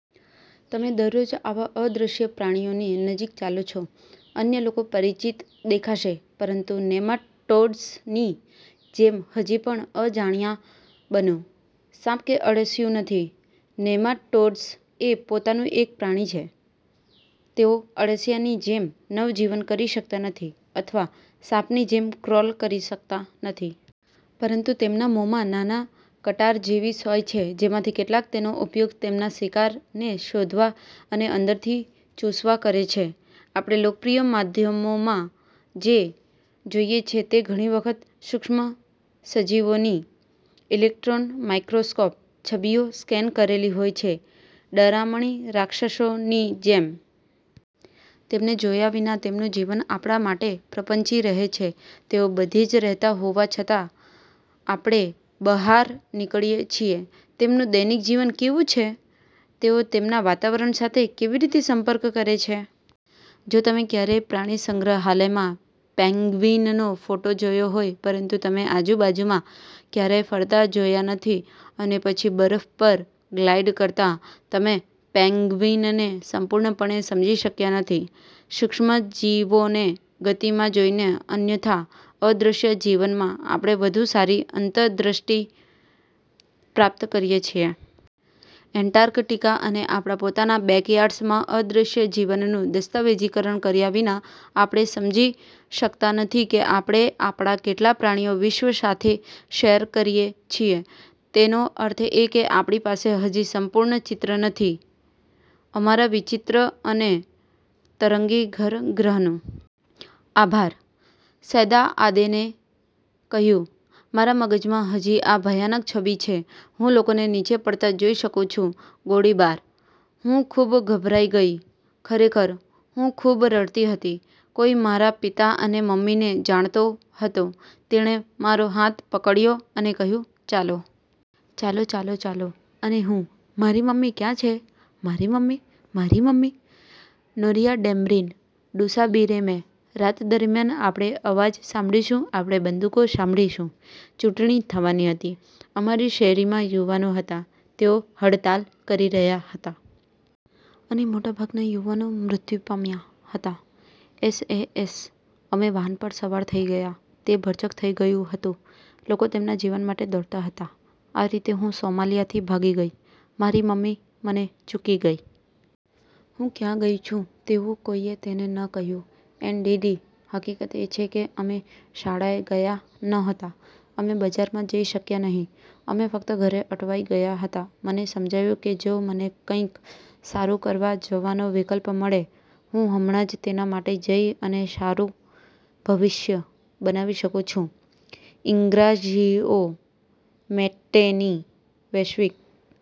તમે દરરોજ આવા અદ્રશ્ય પ્રાણીઓની નજીક ચાલો છો. અન્ય લોકો પરિચિત દેખાશે, પરંતુ નેમાટોડ્સની જેમ, હજી પણ અજાણ્યા બનો. સાપ કે અળસિયું નથી, નેમાટોડ્સ એ પોતાનું એક પ્રાણી છે. તેઓ અળસિયાની જેમ નવજીવન કરી શકતા નથી અથવા સાપની જેમ ક્રોલ કરી શકતા નથી. પરંતુ તેમના મોંમાં નાના, કટાર જેવી સોય છે જેમાંથી કેટલાક તેનો ઉપયોગ તેમના શિકાર ને શોધવા અને અંદરથી ચૂસવા કરે છે. આપણે લોકપ્રિય માધ્યમોમાં જે જોઈએ છે તે ઘણી વખત સુક્ષ્મસજીવોની ઇલેક્ટ્રોન માઇક્રોસ્કોપ છબીઓ સ્કેન કરેલી હોય છે ડરામણી રાક્ષસો ની જેમ. તેમને જોયા વિના તેમનું જીવન આપણા માટે પ્રપંચી રહે છે તેઓ બધે જ રહેતા હોવા છતાં આપણે બહાર નીકળીએ છીએ. તેમનું દૈનિક જીવન કેવું છે? તેઓ તેમના વાતાવરણ સાથે કેવી રીતે સંપર્ક કરે છે? જો તમે ક્યારેય પ્રાણી સંગ્રહાલયમાં પેન્ગ્વીનનો ફોટો જોયો હોય, પરંતુ તમે આજુબાજુમાં ક્યારેય ફરતા જોયા નથી અને પછી બરફ પર ગ્લાઇડ કરતા, તમે પેન્ગ્વિનને સંપૂર્ણપણે સમજી શક્યા નથી. સૂક્ષ્મ જીવોને ગતિમાં જોઈને, અન્યથા અદૃશ્ય જીવનમાં આપણે વધુ સારી અંતદૃષ્ટિ પ્રાપ્ત કરીએ છીએ. એન્ટાર્કટિકા અને આપણા પોતાના બેકયાર્ડ્સમાં અદ્રશ્ય જીવનનું દસ્તાવેજીકરણ કર્યા વિના, આપણે સમજી શકતા નથી કે આપણે આપણા કેટલા પ્રાણીઓ વિશ્વ સાથે શેર કરીએ છીએ. તેનો અર્થ એ કે આપણી પાસે હજી સંપૂર્ણ ચિત્ર નથી અમારા વિચિત્ર અને તરંગી ઘર ગ્રહ નું. આભાર. સૈદા આદેને કહ્યું: મારા મગજમાં હજી આ ભયાનક છબી છે. હું લોકોને નીચે પડતા જોઈ શકુ છું, ગોળીબાર. હું ખૂબ ગભરાઈ ગઈ. ખરેખર, હું ખૂબ રડતી હતી. કોઈ મારા। પિતા અને મમ્મીને જાણતો હતો તેણે મારો હાથ પકડ્યો, અને કહ્યું, "ચાલો! ચાલો! ચાલો! ચાલો! " અને હું, "મારી મમ્મી ક્યાં છે? મારી મમ્મી? મારી મમ્મી? " નોરીઆ ડેમ્બ્રીન ડુસાબીરેમે: રાત દરમિયાન આપણે અવાજ સાંભળીશું, આપણે બંદૂકો સાંભળીશું. ચૂંટણી થવાની હતી. અમારી શેરીમાં યુવાનો હતા, તેઓ હડતાલ કરી રહ્યા હતા. અને મોટાભાગના યુવાનો મૃત્યુ પામ્યા હતા. એસ. એ. એસ.: અમે વાહન પર સવાર થઇ ગયા. તે ભરચક થઈ ગયું હતું. લોકો તેમના જીવન માટે દોડતા હતા. આ રીતે હું સોમાલિયાથી ભાગી ગઈ. મારી મમ્મી મને ચૂકી ગઈ. હું ક્યાં ગઈ છું તેવું કોઈએ તેને ન કહ્યું. એનડીડી: હકીકત એ છે કે અમે શાળાએ ગયા ન હતા, અમે બજારમાં જઈ શક્યા નહીં, અમે ફક્ત ઘરે અટવાઈ ગયા હતા મને સમજાયું કે જો મને કંઈક સારું કરવા જવાનો વિકલ્પ મળે, હું હમણાં જ તેના માટે જઈ અને સારું ભવિષ્ય બનાવી શકું છું. ઇગ્નાઝિઓ મેટ્ટેની: વૈશ્વિક